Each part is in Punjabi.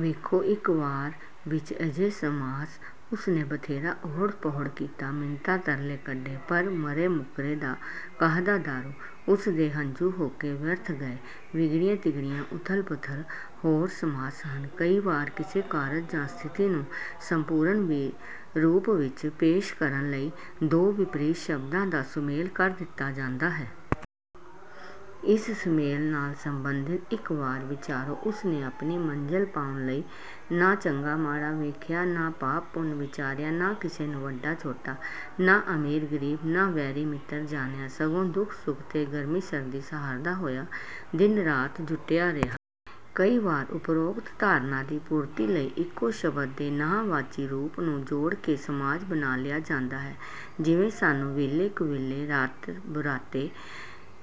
ਵੇਖੋ, ਇੱਕ ਵਾਕ ਵਿੱਚ ਅਜਿਹੇ ਸਮਾਸ “ਉਸ ਨੇ ਬਥੇਰਾ ਓਹੜ-ਪੋਹੜ ਕੀਤਾ, ਮਿੰਨਤਾਂ-ਤਰਲੇ ਕੱਢੇ, ਪਰ ਮਰੇ-ਮੁੱਕਰੇ ਦਾ ਕਾਹਦਾ ਦਾਰੂ! ਉਸ ਦੇ ਹੰਝੂ-ਹੌਕੇ ਵਿਅਰਥ ਗਏ।” ਵਿਗੜਿਆ-ਤਿਗੜਿਆ, ਉਥਲ-ਪੁਥਲ ਹੋਰ ਸਮਾਸ ਹਨ। ਕਈ ਵਾਰ ਕਿਸੇ ਕਾਰਜ ਜਾਂ ਸਥਿਤੀ ਨੂੰ ਸੰਪੂਰਨ ਰੂਪ ਵਿੱਚ ਪੇਸ਼ ਕਰਨ ਲਈ ਦੋ ਵਿਪਰੀਤ ਸ਼ਬਦਾਂ ਦਾ ਸੁਮੇਲ ਕਰ ਦਿੱਤਾ ਜਾਂਦਾ ਹੈ। ਇਸ ਸੁਮੇਲ ਨਾਲ ਸਬੰਧਤ ਇੱਕ ਵਾਕ ਵਿਚਾਰੋ: “ਉਸ ਨੇ ਆਪਣੀ ਮੰਜ਼ਲ ਪਾਉਣ ਲਈ ਨਾ ਚੰਗਾ-ਮਾੜਾ ਵੇਖਿਆ, ਨਾ ਪਾਪ-ਪੁੰਨ ਵਿਚਾਰਿਆ, ਨਾ ਕਿਸੇ ਨੂੰ ਵੱਡਾ-ਛੋਟਾ, ਨਾ ਅਮੀਰ-ਗਰੀਬ, ਨਾ ਵੈਰੀ-ਮਿੱਤਰ ਜਾਣਿਆ, ਸਗੋਂ ਦੁਖ-ਸੁਖ ਤੇ ਗਰਮੀ-ਸਰਦੀ ਸਹਾਰਦਾ ਹੋਇਆ ਦਿਨ-ਰਾਤ ਜੁਟਿਆ ਰਿਹਾ।” ਕਈ ਵਾਰ ਉਪਰੋਕਤ ਧਾਰਨਾ ਦੀ ਪੂਰਤੀ ਲਈ ਇੱਕੋ ਸ਼ਬਦ ਦੇ ਨਾਂਹ-ਵਾਚੀ ਰੂਪ ਨੂੰ ਜੋੜ ਕੇ ਸਮਾਸ ਬਣਾ ਲਿਆ ਜਾਂਦਾ ਹੈ, ਜਿਵੇਂ: “ਸਾਨੂੰ ਵੇਲੇ-ਕੁਵੇਲੇ, ਰਾਤ-ਬਰਾਤੇ,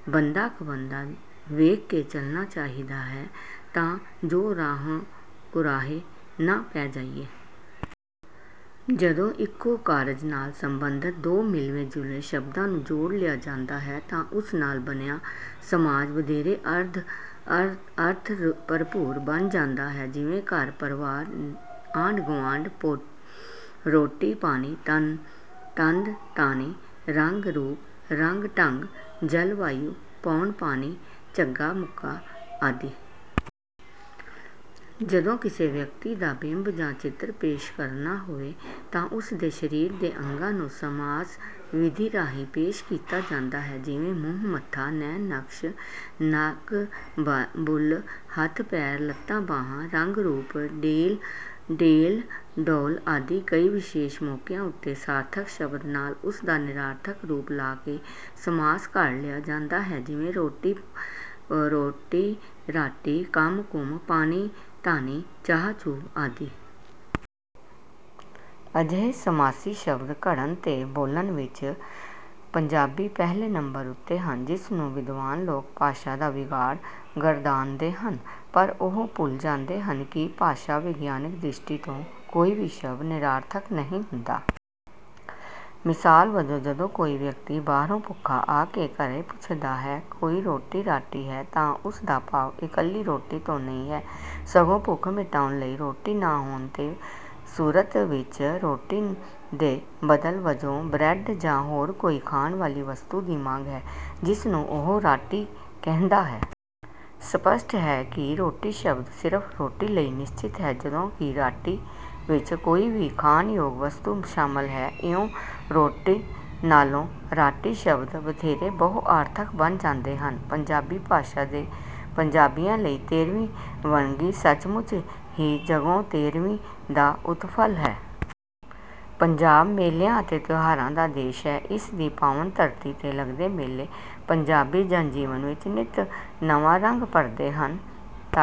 ਬੰਦਾ-ਕੁਬੰਦਾ ਵੇਖ ਕੇ ਚੱਲਣਾ ਚਾਹੀਦਾ ਹੈ, ਤਾਂ ਜੋ ਰਾਹੋਂ ਕੁਰਾਹੇ ਨਾ ਪੈ ਜਾਈਏ।” ਜਦੋਂ ਇੱਕੋ ਕਾਰਜ ਨਾਲ ਸਬੰਧਤ ਦੋ ਮਿਲਵੇਂ-ਜੁਲਵੇਂ ਸ਼ਬਦਾਂ ਨੂੰ ਜੋੜ ਲਿਆ ਜਾਂਦਾ ਹੈ, ਤਾਂ ਉਸ ਨਾਲ ਬਣਿਆ ਸਮਾਸ ਵਧੇਰੇ ਅਰਥ-ਭਰਪੂਰ ਬਣ ਜਾਂਦਾ ਹੈ। ਜਿਵੇਂ—ਘਰ-ਪਰਿਵਾਰ, ਆਂਢ-ਗੁਆਂਢ, ਰੋਟੀ-ਪਾਣੀ, ਤੰਦ-ਤਾਣੀ, ਰੰਗ-ਰੂਪ, ਰੰਗ-ਢੰਗ, ਜਲਵਾਯੂ, ਪੌਣ-ਪਾਣੀ, ਝੱਗਾ-ਮੂਕਾ ਆਦਿ। ਜਦੋਂ ਕਿਸੇ ਵਿਅਕਤੀ ਦਾ ਬਿੰਬ ਜਾਂ ਚਿੱਤਰ ਪੇਸ਼ ਕਰਨਾ ਹੋਵੇ, ਤਾਂ ਉਸ ਦੇ ਸਰੀਰ ਦੇ ਅੰਗਾਂ ਨੂੰ ਸਮਾਸ ਵਿਧੀ ਰਾਹੀਂ ਪੇਸ਼ ਕੀਤਾ ਜਾਂਦਾ ਹੈ, ਜਿਵੇਂ—ਮੂੰਹ-ਮੱਥਾ, ਨੈਣ-ਨਕਸ਼, ਨੱਕ-ਬੁੱਲ੍ਹ, ਹੱਥ-ਪੈਰ, ਲੱਤਾਂ-ਬਾਹਾਂ, ਰੰਗ-ਰੂਪ, ਡੀਲ-ਡੌਲ ਆਦਿ। ਕਈ ਵਿਸ਼ੇਸ਼ ਮੌਕਿਆਂ ਉੱਤੇ ਸਾਰਥਕ ਸ਼ਬਦ ਨਾਲ ਉਸ ਦਾ ਨਿਰਾਰਥਕ ਰੂਪ ਲਾ ਕੇ ਸਮਾਸ ਘੜ ਲਿਆ ਜਾਂਦਾ ਹੈ, ਜਿਵੇਂ—ਰੋਟੀ-ਰਾਟੀ, ਕੰਮ-ਕੁੰਮ, ਪਾਣੀ-ਧਾਣੀ, ਚਾਹ-ਚੂਹ ਆਦਿ। ਅਜਿਹੇ ਸਮਾਸੀ ਸ਼ਬਦ ਘੜਨ ਤੇ ਬੋਲਣ ਵਿੱਚ ਪੰਜਾਬੀ ਪਹਿਲੇ ਨੰਬਰ ਉੱਤੇ ਹਨ, ਜਿਸ ਨੂੰ ‘ਵਿਦਵਾਨ’ ਲੋਕ ਭਾਸ਼ਾ ਦਾ ਵਿਗਾੜ ਗਰਦਾਨਦੇ ਹਨ, ਪਰ ਉਹ ਭੁੱਲ ਜਾਂਦੇ ਹਨ ਕਿ ਭਾਸ਼ਾ-ਵਿਗਿਆਨਕ ਦ੍ਰਿਸ਼ਟੀ ਤੋਂ ਕੋਈ ਵੀ ਸ਼ਬਦ ਨਿਰਾਰਥਕ ਨਹੀਂ ਹੁੰਦਾ। ਮਿਸਾਲ ਵਜੋਂ, ਜਦੋਂ ਕੋਈ ਵਿਅਕਤੀ ਬਾਹਰੋਂ ਭੁੱਖਾ ਆ ਕੇ ਘਰੇ ਪੁੱਛਦਾ ਹੈ, “ਕੋਈ ਰੋਟੀ-ਰਾਟੀ ਹੈ?” ਤਾਂ ਉਸ ਦਾ ਭਾਵ ਇਕੱਲੀ ਰੋਟੀ ਤੋਂ ਨਹੀਂ ਹੈ, ਸਗੋਂ ਭੁੱਖ ਮਿਟਾਉਣ ਲਈ ਰੋਟੀ ਨਾ ਹੋਣ ਦੀ ਸੂਰਤ ਵਿੱਚ ਰੋਟੀ ਦੇ ਬਦਲ ਵਜੋਂ ਬਰੈੱਡ ਜਾਂ ਹੋਰ ਕੋਈ ਖਾਣ ਵਾਲੀ ਵਸਤੂ ਦੀ ਮੰਗ ਹੈ, ਜਿਸ ਨੂੰ ਉਹ ਰਾਟੀ ਕਹਿੰਦਾ ਹੈ। ਸਪਸ਼ਟ ਹੈ ਕਿ ਰੋਟੀ ਸ਼ਬਦ ਸਿਰਫ਼ ਰੋਟੀ ਲਈ ਨਿਸ਼ਚਿਤ ਹੈ, ਜਦੋਂ ਕਿ ਰਾਟੀ ਵਿੱਚ ਕੋਈ ਵੀ ਖਾਣਯੋਗ ਵਸਤੂ ਸ਼ਾਮਲ ਹੈ। ਇਉਂ, ਰੋਟੀ ਨਾਲੋਂ ਰਾਟੀ ਸ਼ਬਦ ਵਧੇਰੇ ਬਹੁ-ਅਰਥਕ ਬਣ ਜਾਂਦਾ ਹੈ। ਪੰਜਾਬੀ ਭਾਸ਼ਾ ਤੇ ਪੰਜਾਬੀਆਂ ਲਈ ਤੇਰ੍ਹਵੀਂ ਵੰਨਗੀ ਸੱਚਮੁੱਚ ਹੀ ਜੱਗੋਂ-ਤੇਰ੍ਹਵੀਂ ਦਾ ਉਤਫਲ ਹੈ। ਪੰਜਾਬ ਮੇਲਿਆਂ ਅਤੇ ਤਿਉਹਾਰਾਂ ਦਾ ਦੇਸ ਹੈ। ਇਸ ਦੀ ਪਾਵਨ ਧਰਤੀ ’ਤੇ ਲੱਗਦੇ ਮੇਲੇ ਪੰਜਾਬੀ ਜਨ-ਜੀਵਨ ਵਿੱਚ ਨਿੱਤ ਨਵਾਂ ਰੰਗ ਭਰਦੇ ਹਨ। ਡਾ....